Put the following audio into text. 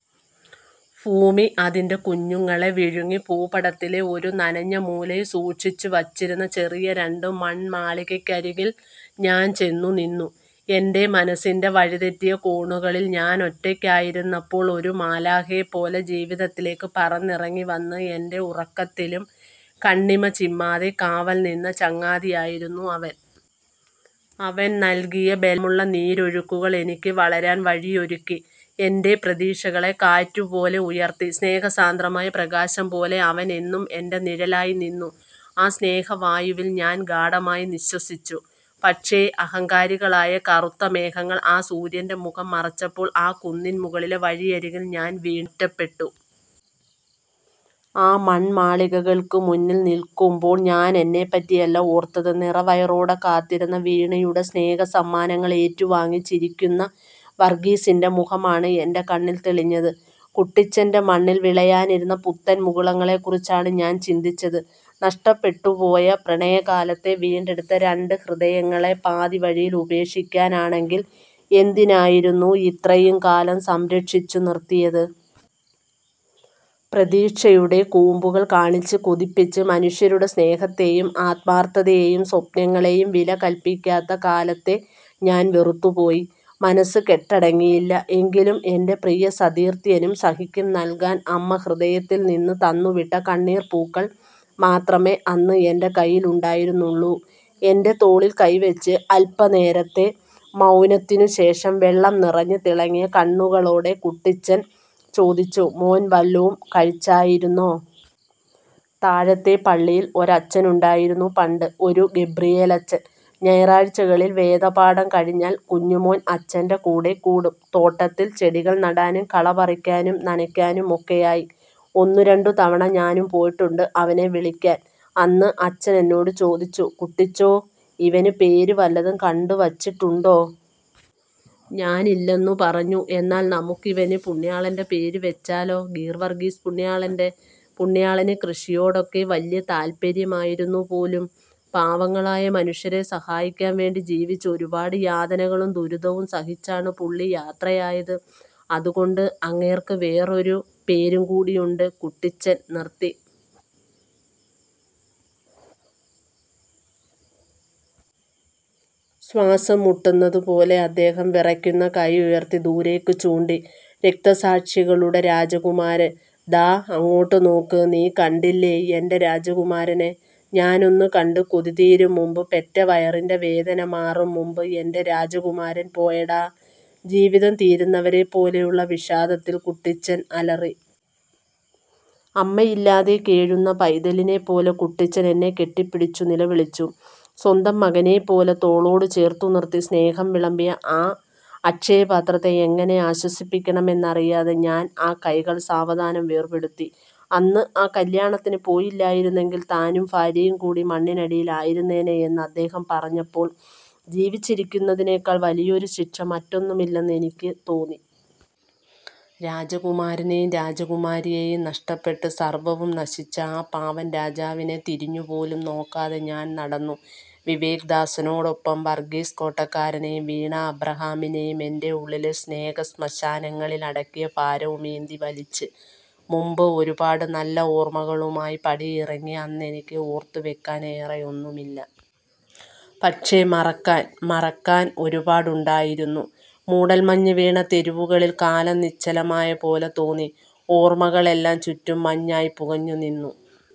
ഭൂമി അതിന്റെ കുഞ്ഞുങ്ങളെ വിഴുങ്ങി ഭൂപടത്തിലെ ഒരു നനഞ്ഞ മൂലയിൽ സൂക്ഷിച്ചുവച്ചിരുന്ന ചെറിയ രണ്ടു മൺമാളികക്കരികിൽ ഞാൻ ചെന്നു നിന്നു. എന്റെ മനസ്സിൻ്റെ വഴിതെറ്റിയ കോണുകളിൽ ഞാൻ ഒറ്റയ്ക്കായിരുന്നപ്പോൾ, ഒരു മാലാഖയെപ്പോലെ ജീവിതത്തിലേക്ക് പറന്നിറങ്ങി വന്ന്, എന്റെ ഉറക്കത്തിലും കണ്ണിമ ചിമ്മാതെ കാവൽ നിന്ന ചങ്ങാതിയായിരുന്നു അവൻ. അവൻ നൽകിയ ബലമുള്ള നീരൊഴുക്കുകൾ എനിക്ക് വളരാൻ വഴിയൊരുക്കി. എന്റെ പ്രതീക്ഷകളെ കാറ്റുപോലെ ഉയർത്തി. സ്നേഹസാന്ദ്രമായ പ്രകാശം പോലെ അവൻ എന്നും എന്റെ നിഴലായി നിന്നു. ആ സ്നേഹവായുവിൽ ഞാൻ ഗാഢമായി നിശ്വസിച്ചു. പക്ഷേ, അഹങ്കാരികളായ കറുത്ത മേഘങ്ങൾ ആ സൂര്യന്റെ മുഖം മറച്ചപ്പോൾ, ആ കുന്നിൻ മുകളിലെ വഴിയരികിൽ ഞാൻ വീണ്ടും ഒറ്റപ്പെട്ടു. ആ മൺമാളികകൾക്ക് മുന്നിൽ നിൽക്കുമ്പോൾ ഞാൻ എന്നെപ്പറ്റിയല്ല ഓർത്തത്. നിറവയറോടെ കാത്തിരുന്ന വീണയുടെ സ്നേഹസമ്മാനങ്ങൾ ഏറ്റുവാങ്ങി ചിരിക്കുന്ന വർഗീസിന്റെ മുഖമാണ് എന്റെ കണ്ണിൽ തെളിഞ്ഞത്. കുട്ടിച്ചന്റെ മണ്ണിൽ വിളയാനിരുന്ന പുത്തൻ മുകുളങ്ങളെക്കുറിച്ചാണ് ഞാൻ ചിന്തിച്ചത്. നഷ്ടപ്പെട്ടുപോയ പ്രണയകാലത്തെ വീണ്ടെടുത്ത രണ്ട് ഹൃദയങ്ങളെ പാതിവഴിയിൽ ഉപേക്ഷിക്കാനാണെങ്കിൽ എന്തിനായിരുന്നു ഇത്രയും കാലം സംരക്ഷിച്ചു നിർത്തിയത്? പ്രതീക്ഷയുടെ കൂമ്പുകൾ കാണിച്ച് കൊതിപ്പിച്ച്, മനുഷ്യരുടെ സ്നേഹത്തെയും ആത്മാർത്ഥതയെയും സ്വപ്നങ്ങളെയും വിലകൽപ്പിക്കാത്ത കാലത്തെ ഞാൻ വെറുത്തുപോയി. മനസ്സ് കെട്ടടങ്ങിയില്ല, എങ്കിലും എന്റെ പ്രിയ സതീർത്ഥ്യനും സഖിക്കും നൽകാൻ അമ്മ ഹൃദയത്തിൽ നിന്ന് തന്നുവിട്ട കണ്ണീർപ്പൂക്കൾ മാത്രമേ അന്ന് എന്റെ കയ്യിൽ ഉണ്ടായിരുന്നുള്ളൂ. എൻ്റെ തോളിൽ കൈ വെച്ച് അൽപനേരത്തെ മൗനത്തിനുശേഷം, വെള്ളം നിറഞ്ഞ് തിളങ്ങിയ കണ്ണുകളോടെ കുട്ടിച്ചൻ ചോദിച്ചു:"മോൻ, വല്ലോം കഴിച്ചായിരുന്നോ? " "താഴത്തെ പള്ളിയിൽ ഒരച്ഛനുണ്ടായിരുന്നു പണ്ട്. ഒരു ഗബ്രിയേലച്ചൻ. ഞായറാഴ്ചകളിൽ വേദപാഠം കഴിഞ്ഞാൽ കുഞ്ഞുമോൻ അച്ഛന്റെ കൂടെ കൂടും. തോട്ടത്തിൽ ചെടികൾ നടാനും കള പറിക്കാനും നനയ്ക്കാനുമൊക്കെയായി. ഒന്നുരണ്ടു തവണ ഞാനും പോയിട്ടുണ്ട് അവനെ വിളിക്കാൻ. അന്ന് അച്ഛനെന്നോട് ചോദിച്ചു, 'കുട്ടിച്ചോ, ഇവന് പേര് വല്ലതും കണ്ടുവച്ചിട്ടുണ്ടോ? ' ഞാനില്ലെന്നു പറഞ്ഞു. 'എന്നാൽ നമുക്കിവന് പുണ്യാളന്റെ പേര് വെച്ചാലോ? ഗീർവർഗീസ് പുണ്യാളന്റെ. പുണ്യാളന് കൃഷിയോടൊക്കെ വല്ല്യ താല്പര്യമായിരുന്നു പോലും. പാവങ്ങളായ മനുഷ്യരെ സഹായിക്കാൻ വേണ്ടി ജീവിച്ച്, ഒരുപാട് യാതനകളും ദുരിതവും സഹിച്ചാണ് പുള്ളി യാത്ര ആയത്. അതുകൊണ്ട് അങ്ങേർക്ക് വേറൊരു പേരും കൂടിയുണ്ട്... '" കുട്ടിച്ചൻ നിർത്തി. ശ്വാസം മുട്ടുന്നത് പോലെ അദ്ദേഹം വിറയ്ക്കുന്ന കൈ ഉയർത്തി ദൂരേക്ക് ചൂണ്ടി. "രക്തസാക്ഷികളുടെ രാജകുമാരൻ. " "ദാ... അങ്ങോട്ട് നോക്ക്... നീ കണ്ടില്ലേ എന്റെ രാജകുമാരനെ..? ഞാനൊന്നു കണ്ട് കൊതി തീരും മുമ്പ്, പെറ്റ വയറിന്റെ വേദന മാറും മുമ്പ്, എന്റെ രാജകുമാരൻ പോയെടാ... " ജീവിതം തീരുന്നവരെപ്പോലെയുള്ള വിഷാദത്തിൽ കുട്ടിച്ചൻ അലറി. അമ്മയില്ലാതെ കേഴുന്ന പൈതലിനെപ്പോലെ കുട്ടിച്ചൻ എന്നെ കെട്ടിപ്പിടിച്ചു നിലവിളിച്ചു. സ്വന്തം മകനെപ്പോലെ തോളോട് ചേർത്തുനിർത്തി സ്നേഹം വിളമ്പിയ ആ അക്ഷയപാത്രത്തെ എങ്ങനെ ആശ്വസിപ്പിക്കണമെന്നറിയാതെ ഞാൻ ആ കൈകൾ സാവധാനം വേർപെടുത്തി. അന്ന് ആ കല്യാണത്തിന് പോയില്ലായിരുന്നെങ്കിൽ താനും ഭാര്യയും കൂടി മണ്ണിനടിയിൽ ആയിരുന്നേനെ എന്ന് അദ്ദേഹം പറഞപ്പോൾ, ജീവിച്ചിരിക്കുന്നതിനേക്കാൾ വലിയൊരു ശിക്ഷ മറ്റൊന്നുമില്ലെന്ന് എനിക്ക് തോന്നി. രാജകുമാരനെയും രാജകുമാരിയെയും നഷ്ടപ്പെട്ട് സർവ്വവും നശിച്ച ആ പാവം രാജാവിനെ തിരിഞ്ഞുപോലും നോക്കാതെ ഞാൻ നടന്നു. വിവേക് ദാസനോടൊപ്പം വർഗീസ് കൊട്ടക്കാരനെയും വീണ അബ്രഹാമിനെയും എന്റെ ഉള്ളിലെ സ്നേഹസ്മശാനങ്ങളിൽ അടക്കിയ ഭാരവും ഏന്തി വലിച്ച്. മുമ്പ് ഒരുപാട് നല്ല ഓർമ്മകളുമായി പടിയിറങ്ങിയ അന്നെനിക്ക് ഓർത്തുവെക്കാൻ ഏറെയൊന്നുമില്ല. പക്ഷേ മറക്കാൻ... മറക്കാൻ ഒരുപാടുണ്ടായിരുന്നു.. മൂടൽമഞ്ഞ് വീണ തെരുവുകളിൽ കാലം നിശ്ചലമായ പോലെ തോന്നി. ഓർമ്മകളെല്ലാം ചുറ്റും മഞ്ഞായി പുകഞ്ഞു നിന്നു.